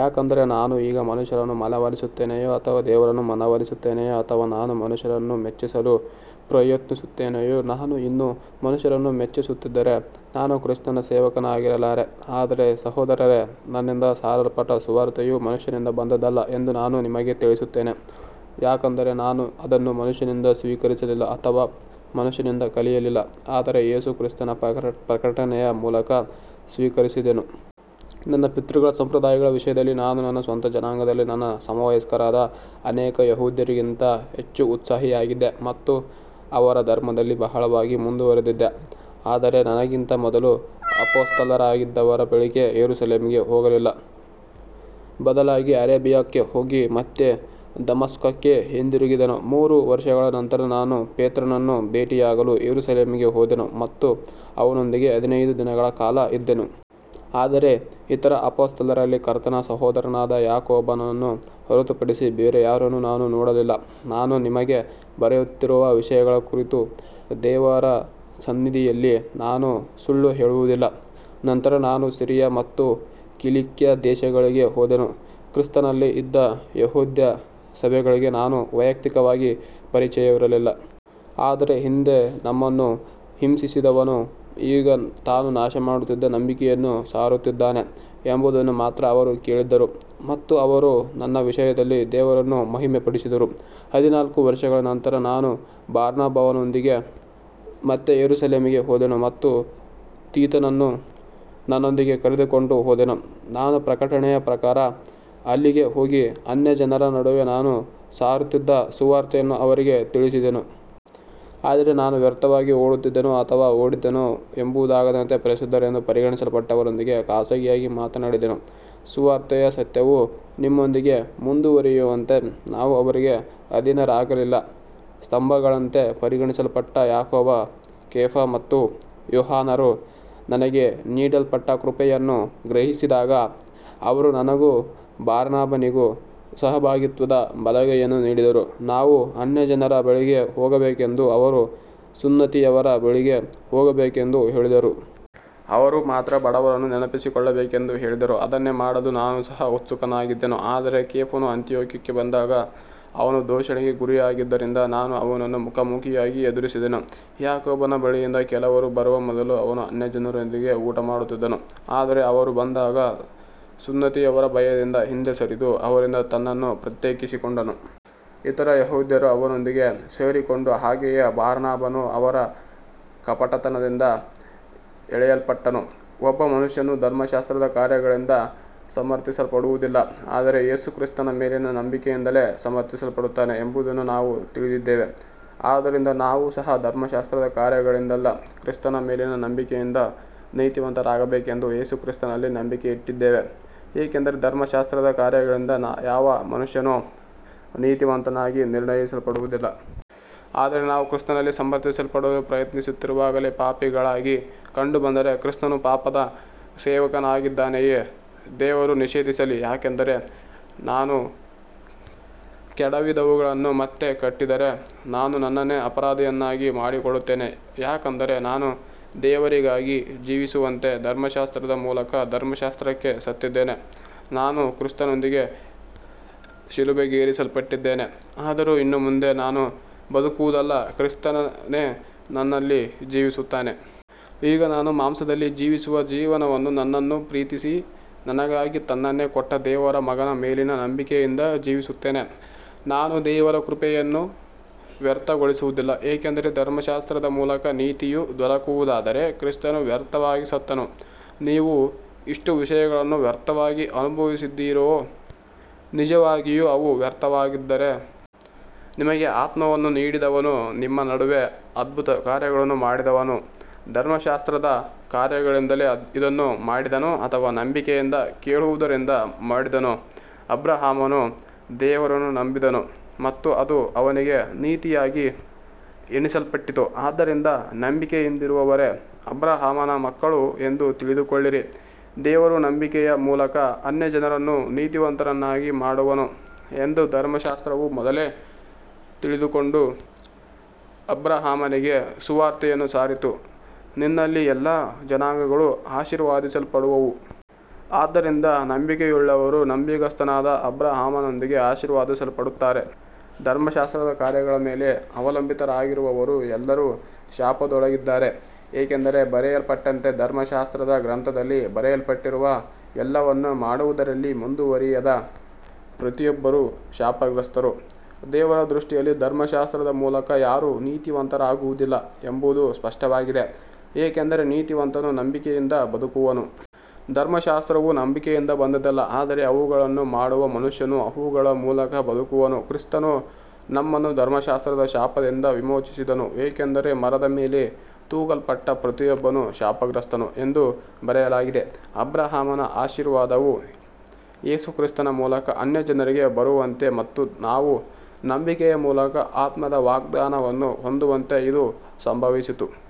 ಯಾಕಂದರೆ ನಾನು ಈಗ ಮನುಷ್ಯರನ್ನು ಮನವೊಲಿಸುತ್ತೇನೆಯೋ ಅಥವಾ ದೇವರನ್ನು ಮನವೊಲಿಸುತ್ತೇನೆಯೋ, ಅಥವಾ ನಾನು ಮನುಷ್ಯರನ್ನು ಮೆಚ್ಚಿಸಲು ಪ್ರಯತ್ನಿಸುತ್ತೇನೆಯೋ, ನಾನು ಇನ್ನೂ ಮನುಷ್ಯರನ್ನು ಮೆಚ್ಚಿಸುತ್ತಿದ್ದರೆ ನಾನು ಕ್ರಿಸ್ತನ ಸೇವಕನಾಗಿರಲಾರೆ. ಆದರೆ ಸಹೋದರರೇ, ನನ್ನಿಂದ ಸಾರಲ್ಪಟ್ಟ ಸುವಾರ್ತೆಯು ಮನುಷ್ಯನಿಂದ ಬಂದದ್ದಲ್ಲ ಎಂದು ನಾನು ನಿಮಗೆ ತಿಳಿಸುತ್ತೇನೆ. ಯಾಕಂದರೆ ನಾನು ಅದನ್ನು ಮನುಷ್ಯನಿಂದ ಸ್ವೀಕರಿಸಲಿಲ್ಲ, ಅಥವಾ ಮನುಷ್ಯನಿಂದ ಕಲಿಯಲಿಲ್ಲ, ಆದರೆ ಯೇಸು ಕ್ರಿಸ್ತನ ಪ್ರಕಟನೆಯ ಮೂಲಕ ಸ್ವೀಕರಿಸಿದೆನು. ನನ್ನ ಪಿತೃಗಳ ಸಂಪ್ರದಾಯಗಳ ವಿಷಯದಲ್ಲಿ ನಾನು ನನ್ನ ಸ್ವಂತ ಜನಾಂಗದಲ್ಲಿ ನನ್ನ ಸಮವಯಸ್ಕರಾದ ಅನೇಕ ಯೆಹೂದ್ಯರಿಗಿಂತ ಹೆಚ್ಚು ಉತ್ಸಾಹಿಯಾಗಿದ್ದೆ ಮತ್ತು ಅವರ ಧರ್ಮದಲ್ಲಿ ಬಹಳವಾಗಿ ಮುಂದುವರಿದಿದ್ದೆ. ಆದರೆ ನನಗಿಂತ ಮೊದಲು ಅಪೊಸ್ತಲರಾಗಿದ್ದವರ ಬಳಿಗೆ ಯೆರೂಸಲೇಮಿಗೆ ಹೋಗಲಿಲ್ಲ, ಬದಲಾಗಿ ಅರೇಬಿಯಾಕ್ಕೆ ಹೋಗಿ ಮತ್ತೆ ದಮಸ್ಕಕ್ಕೆ ಹಿಂದಿರುಗಿದೆನು. ಮೂರು ವರ್ಷಗಳ ನಂತರ ನಾನು ಪೇತ್ರನನ್ನು ಭೇಟಿಯಾಗಲು ಯೆರೂಸಲೇಮಿಗೆ ಹೋದೆನು ಮತ್ತು ಅವನೊಂದಿಗೆ ಹದಿನೈದು ದಿನಗಳ ಕಾಲ ಇದ್ದೆನು. ಆದರೆ ಇತರ ಅಪೊಸ್ತಲರಲ್ಲಿ ಕರ್ತನ ಸಹೋದರನಾದ ಯಾಕೋಬನನ್ನು ಹೊರತುಪಡಿಸಿ ಬೇರೆ ಯಾರನ್ನೂ ನಾನು ನೋಡಲಿಲ್ಲ. ನಾನು ನಿಮಗೆ ಬರೆಯುತ್ತಿರುವ ವಿಷಯಗಳ ಕುರಿತು ದೇವರ ಸನ್ನಿಧಿಯಲ್ಲಿ ನಾನು ಸುಳ್ಳು ಹೇಳುವುದಿಲ್ಲ. ನಂತರ ನಾನು ಸಿರಿಯ ಮತ್ತು ಕಿಲಿಕ್ಯ ದೇಶಗಳಿಗೆ ಹೋದೆನು. ಕ್ರಿಸ್ತನಲ್ಲಿ ಇದ್ದ ಯೆಹೂದ್ಯ ಸಭೆಗಳಿಗೆ ನಾನು ವೈಯಕ್ತಿಕವಾಗಿ ಪರಿಚಯವಿರಲಿಲ್ಲ. ಆದರೆ ಹಿಂದೆ ನಮ್ಮನ್ನು ಹಿಂಸಿಸಿದವನು ಈಗ ತಾನು ನಾಶಮಾಡುತ್ತಿದ್ದ ನಂಬಿಕೆಯನ್ನು ಸಾರುತ್ತಿದ್ದಾನೆ ಎಂಬುದನ್ನು ಮಾತ್ರ ಅವರು ಕೇಳಿದ್ದರು. ಮತ್ತು ಅವರು ನನ್ನ ವಿಷಯದಲ್ಲಿ ದೇವರನ್ನು ಮಹಿಮೆಪಡಿಸಿದರು. ಹದಿನಾಲ್ಕು ವರ್ಷಗಳ ನಂತರ ನಾನು ಬಾರ್ನಬನೊಂದಿಗೆ ಮತ್ತೆ ಯೆರೂಸಲೇಮಿಗೆ ಹೋದೆನು ಮತ್ತು ತೀತನನ್ನೂ ನನ್ನೊಂದಿಗೆ ಕರೆದುಕೊಂಡು ಹೋದೆನು. ನಾನು ಪ್ರಕಟಣೆಯ ಪ್ರಕಾರ ಅಲ್ಲಿಗೆ ಹೋಗಿ, ಅನ್ಯಜನರ ನಡುವೆ ನಾನು ಸಾರುತ್ತಿದ್ದ ಸುವಾರ್ತೆಯನ್ನು ಅವರಿಗೆ ತಿಳಿಸಿದೆನು. ಆದರೆ ನಾನು ವ್ಯರ್ಥವಾಗಿ ಓಡುತ್ತಿದ್ದೇನೋ ಅಥವಾ ಓಡಿದ್ದೇನೋ ಎಂಬುದಾಗದಂತೆ, ಪ್ರಸಿದ್ಧರೆಂದು ಪರಿಗಣಿಸಲ್ಪಟ್ಟವರೊಂದಿಗೆ ಖಾಸಗಿಯಾಗಿ ಮಾತನಾಡಿದೆನು. ಸುವಾರ್ತೆಯ ಸತ್ಯವು ನಿಮ್ಮೊಂದಿಗೆ ಮುಂದುವರಿಯುವಂತೆ ನಾವು ಅವರಿಗೆ ಅಧೀನರಾಗಲಿಲ್ಲ. ಸ್ತಂಭಗಳಂತೆ ಪರಿಗಣಿಸಲ್ಪಟ್ಟ ಯಾಕೋಬ, ಕೇಫ ಮತ್ತು ಯೋಹಾನರು ನನಗೆ ನೀಡಲ್ಪಟ್ಟ ಕೃಪೆಯನ್ನು ಗ್ರಹಿಸಿದಾಗ, ಅವರು ನನಗೂ ಬಾರ್ನಬನಿಗೂ ಸಹಭಾಗಿತ್ವದ ಬಲಗೈಯನ್ನು ನೀಡಿದರು, ನಾವು ಅನ್ಯಜನರ ಬಳಿಗೆ ಹೋಗಬೇಕೆಂದೂ ಅವರು ಸುನ್ನತಿಯವರ ಬಳಿಗೆ ಹೋಗಬೇಕೆಂದೂ ಹೇಳಿದರು. ಅವರು ಮಾತ್ರ ಬಡವರನ್ನು ನೆನಪಿಸಿಕೊಳ್ಳಬೇಕೆಂದು ಹೇಳಿದರು, ಅದನ್ನೇ ಮಾಡಲು ನಾನು ಸಹ ಉತ್ಸುಕನಾಗಿದ್ದೆನು. ಆದರೆ ಕೇಫನು ಅಂತಿಯೋಕ್ಯಕ್ಕೆ ಬಂದಾಗ ಅವನು ದೂಷಣೆಗೆ ಗುರಿಯಾಗಿದ್ದರಿಂದ ನಾನು ಅವನನ್ನು ಮುಖಾಮುಖಿಯಾಗಿ ಎದುರಿಸಿದೆನು. ಯಾಕೋಬನ ಬಳಿಯಿಂದ ಕೆಲವರು ಬರುವ ಮೊದಲು ಅವನು ಅನ್ಯಜನರೊಂದಿಗೆ ಊಟಮಾಡುತ್ತಿದ್ದನು, ಆದರೆ ಅವರು ಬಂದಾಗ ಸುನ್ನತಿಯವರ ಭಯದಿಂದ ಹಿಂದೆ ಸರಿದು ಅವರಿಂದ ತನ್ನನ್ನು ಪ್ರತ್ಯೇಕಿಸಿಕೊಂಡನು. ಇತರ ಯೆಹೂದ್ಯರೂ ಅವನೊಂದಿಗೆ ಸೇರಿಕೊಂಡರು, ಹಾಗೆಯೇ ಬಾರ್ನಬನೂ ಅವರ ಕಪಟತನದಿಂದ ಎಳೆಯಲ್ಪಟ್ಟನು. ಒಬ್ಬ ಮನುಷ್ಯನು ಧರ್ಮಶಾಸ್ತ್ರದ ಕಾರ್ಯಗಳಿಂದ ಸಮರ್ಥಿಸಲ್ಪಡುವುದಿಲ್ಲ, ಆದರೆ ಯೇಸು ಕ್ರಿಸ್ತನ ಮೇಲಿನ ನಂಬಿಕೆಯಿಂದಲೇ ಸಮರ್ಥಿಸಲ್ಪಡುತ್ತಾನೆ ಎಂಬುದನ್ನು ನಾವು ತಿಳಿದಿದ್ದೇವೆ. ಆದ್ದರಿಂದ ನಾವು ಸಹ ಧರ್ಮಶಾಸ್ತ್ರದ ಕಾರ್ಯಗಳಿಂದಲ್ಲ, ಕ್ರಿಸ್ತನ ಮೇಲಿನ ನಂಬಿಕೆಯಿಂದ ನೀತಿವಂತರಾಗಬೇಕೆಂದು ಯೇಸು ಕ್ರಿಸ್ತನಲ್ಲಿ ನಂಬಿಕೆ ಇಟ್ಟಿದ್ದೇವೆ, ಏಕೆಂದರೆ ಧರ್ಮಶಾಸ್ತ್ರದ ಕಾರ್ಯಗಳಿಂದ ಯಾವ ಮನುಷ್ಯನೂ ನೀತಿವಂತನಾಗಿ ನಿರ್ಣಯಿಸಲ್ಪಡುವುದಿಲ್ಲ. ಆದರೆ ನಾವು ಕ್ರಿಸ್ತನಲ್ಲಿ ಸಮರ್ಥಿಸಲ್ಪಡಲು ಪ್ರಯತ್ನಿಸುತ್ತಿರುವಾಗಲೇ ಪಾಪಿಗಳಾಗಿ ಕಂಡುಬಂದರೆ, ಕ್ರಿಸ್ತನು ಪಾಪದ ಸೇವಕನಾಗಿದ್ದಾನೆಯೇ, ದೇವರು ನಿಷೇಧಿಸಲಿ. ಯಾಕಂದರೆ ನಾನು ಕೆಡವಿದವುಗಳನ್ನು ಮತ್ತೆ ಕಟ್ಟಿದರೆ, ನಾನು ನನ್ನನ್ನೇ ಅಪರಾಧಿಯನ್ನಾಗಿ ಮಾಡಿಕೊಳ್ಳುತ್ತೇನೆ. ಯಾಕಂದರೆ ನಾನು ದೇವರಿಗಾಗಿ ಜೀವಿಸುವಂತೆ ಧರ್ಮಶಾಸ್ತ್ರದ ಮೂಲಕ ಧರ್ಮಶಾಸ್ತ್ರಕ್ಕೆ ಸತ್ತಿದ್ದೇನೆ. ನಾನು ಕ್ರಿಸ್ತನೊಂದಿಗೆ ಶಿಲುಬೆಗೇರಿಸಲ್ಪಟ್ಟಿದ್ದೇನೆ, ಆದರೂ ಇನ್ನು ಮುಂದೆ ನಾನು ಬದುಕುವುದಲ್ಲ, ಕ್ರಿಸ್ತನೇ ನನ್ನಲ್ಲಿ ಜೀವಿಸುತ್ತಾನೆ. ಈಗ ನಾನು ಮಾಂಸದಲ್ಲಿ ಜೀವಿಸುವ ಜೀವನವನ್ನು ನನ್ನನ್ನು ಪ್ರೀತಿಸಿ ನನಗಾಗಿ ತನ್ನನ್ನೇ ಕೊಟ್ಟ ದೇವರ ಮಗನ ಮೇಲಿನ ನಂಬಿಕೆಯಿಂದ ಜೀವಿಸುತ್ತೇನೆ. ನಾನು ದೇವರ ಕೃಪೆಯನ್ನು ವ್ಯರ್ಥಗೊಳಿಸುವುದಿಲ್ಲ, ಏಕೆಂದರೆ ಧರ್ಮಶಾಸ್ತ್ರದ ಮೂಲಕ ನೀತಿಯು ದೊರಕುವುದಾದರೆ ಕ್ರಿಸ್ತನು ವ್ಯರ್ಥವಾಗಿ ಸತ್ತನು. ನೀವು ಇಷ್ಟು ವಿಷಯಗಳನ್ನು ವ್ಯರ್ಥವಾಗಿ ಅನುಭವಿಸಿದ್ದೀರೋ, ನಿಜವಾಗಿಯೂ ಅವು ವ್ಯರ್ಥವಾಗಿದ್ದರೆ. ನಿಮಗೆ ಆತ್ಮವನ್ನು ನೀಡಿದವನೂ ನಿಮ್ಮ ನಡುವೆ ಅದ್ಭುತಕಾರ್ಯಗಳನ್ನು ಮಾಡಿದವನೂ ಧರ್ಮಶಾಸ್ತ್ರದ ಕಾರ್ಯಗಳಿಂದಲೇ ಇದನ್ನು ಮಾಡಿದನೋ ಅಥವಾ ನಂಬಿಕೆಯಿಂದ ಕೇಳುವುದರಿಂದ ಮಾಡಿದನೋ. ಅಬ್ರಹಾಮನು ದೇವರನ್ನು ನಂಬಿದನು ಮತ್ತು ಅದು ಅವನಿಗೆ ನೀತಿಯಾಗಿ ಎಣಿಸಲ್ಪಟ್ಟಿತು. ಆದ್ದರಿಂದ ನಂಬಿಕೆಯಿಂದಿರುವವರೇ ಅಬ್ರಹಾಮನ ಮಕ್ಕಳು ಎಂದು ತಿಳಿದುಕೊಳ್ಳಿರಿ. ದೇವರು ನಂಬಿಕೆಯ ಮೂಲಕ ಅನ್ಯಜನರನ್ನು ನೀತಿವಂತರನ್ನಾಗಿ ಮಾಡುವನು ಎಂದು ಧರ್ಮಶಾಸ್ತ್ರವು ಮೊದಲೇ ತಿಳಿದುಕೊಂಡು ಅಬ್ರಹಾಮನಿಗೆ ಸುವಾರ್ತೆಯನ್ನು ಸಾರಿತು, ನಿನ್ನಲ್ಲಿ ಎಲ್ಲಾ ಜನಾಂಗಗಳೂ ಆಶೀರ್ವದಿಸಲ್ಪಡುವವು. ಆದ್ದರಿಂದ ನಂಬಿಕೆಯುಳ್ಳವರು ನಂಬಿಗಸ್ತನಾದ ಅಬ್ರಹಾಮನೊಂದಿಗೆ ಆಶೀರ್ವದಿಸಲ್ಪಡುತ್ತಾರೆ. ಧರ್ಮಶಾಸ್ತ್ರದ ಕಾರ್ಯಗಳ ಮೇಲೆ ಅವಲಂಬಿತರಾಗಿರುವವರು ಎಲ್ಲರೂ ಶಾಪದೊಳಗಿದ್ದಾರೆ, ಏಕೆಂದರೆ ಬರೆಯಲ್ಪಟ್ಟಂತೆ, ಧರ್ಮಶಾಸ್ತ್ರದ ಗ್ರಂಥದಲ್ಲಿ ಬರೆಯಲ್ಪಟ್ಟಿರುವ ಎಲ್ಲವನ್ನೂ ಮಾಡುವುದರಲ್ಲಿ ಮುಂದುವರಿಯದ ಪ್ರತಿಯೊಬ್ಬರೂ ಶಾಪಗ್ರಸ್ತರು. ದೇವರ ದೃಷ್ಟಿಯಲ್ಲಿ ಧರ್ಮಶಾಸ್ತ್ರದ ಮೂಲಕ ಯಾರೂ ನೀತಿವಂತರಾಗುವುದಿಲ್ಲ ಎಂಬುದು ಸ್ಪಷ್ಟವಾಗಿದೆ, ಏಕೆಂದರೆ ನೀತಿವಂತನು ನಂಬಿಕೆಯಿಂದ ಬದುಕುವನು. ಧರ್ಮಶಾಸ್ತ್ರವು ನಂಬಿಕೆಯಿಂದ ಬಂದದ್ದಲ್ಲ, ಆದರೆ ಅವುಗಳನ್ನು ಮಾಡುವ ಮನುಷ್ಯನು ಅವುಗಳ ಮೂಲಕ ಬದುಕುವನು. ಕ್ರಿಸ್ತನು ನಮ್ಮನ್ನು ಧರ್ಮಶಾಸ್ತ್ರದ ಶಾಪದಿಂದ ವಿಮೋಚಿಸಿದನು, ಏಕೆಂದರೆ ಮರದ ಮೇಲೆ ತೂಗಲ್ಪಟ್ಟ ಪ್ರತಿಯೊಬ್ಬನೂ ಶಾಪಗ್ರಸ್ತನು ಎಂದು ಬರೆಯಲಾಗಿದೆ. ಅಬ್ರಹಾಮನ ಆಶೀರ್ವಾದವು ಯೇಸು ಕ್ರಿಸ್ತನ ಮೂಲಕ ಅನ್ಯಜನರಿಗೆ ಬರುವಂತೆ ಮತ್ತು ನಾವು ನಂಬಿಕೆಯ ಮೂಲಕ ಆತ್ಮದ ವಾಗ್ದಾನವನ್ನು ಹೊಂದುವಂತೆ ಇದು ಸಂಭವಿಸಿತು.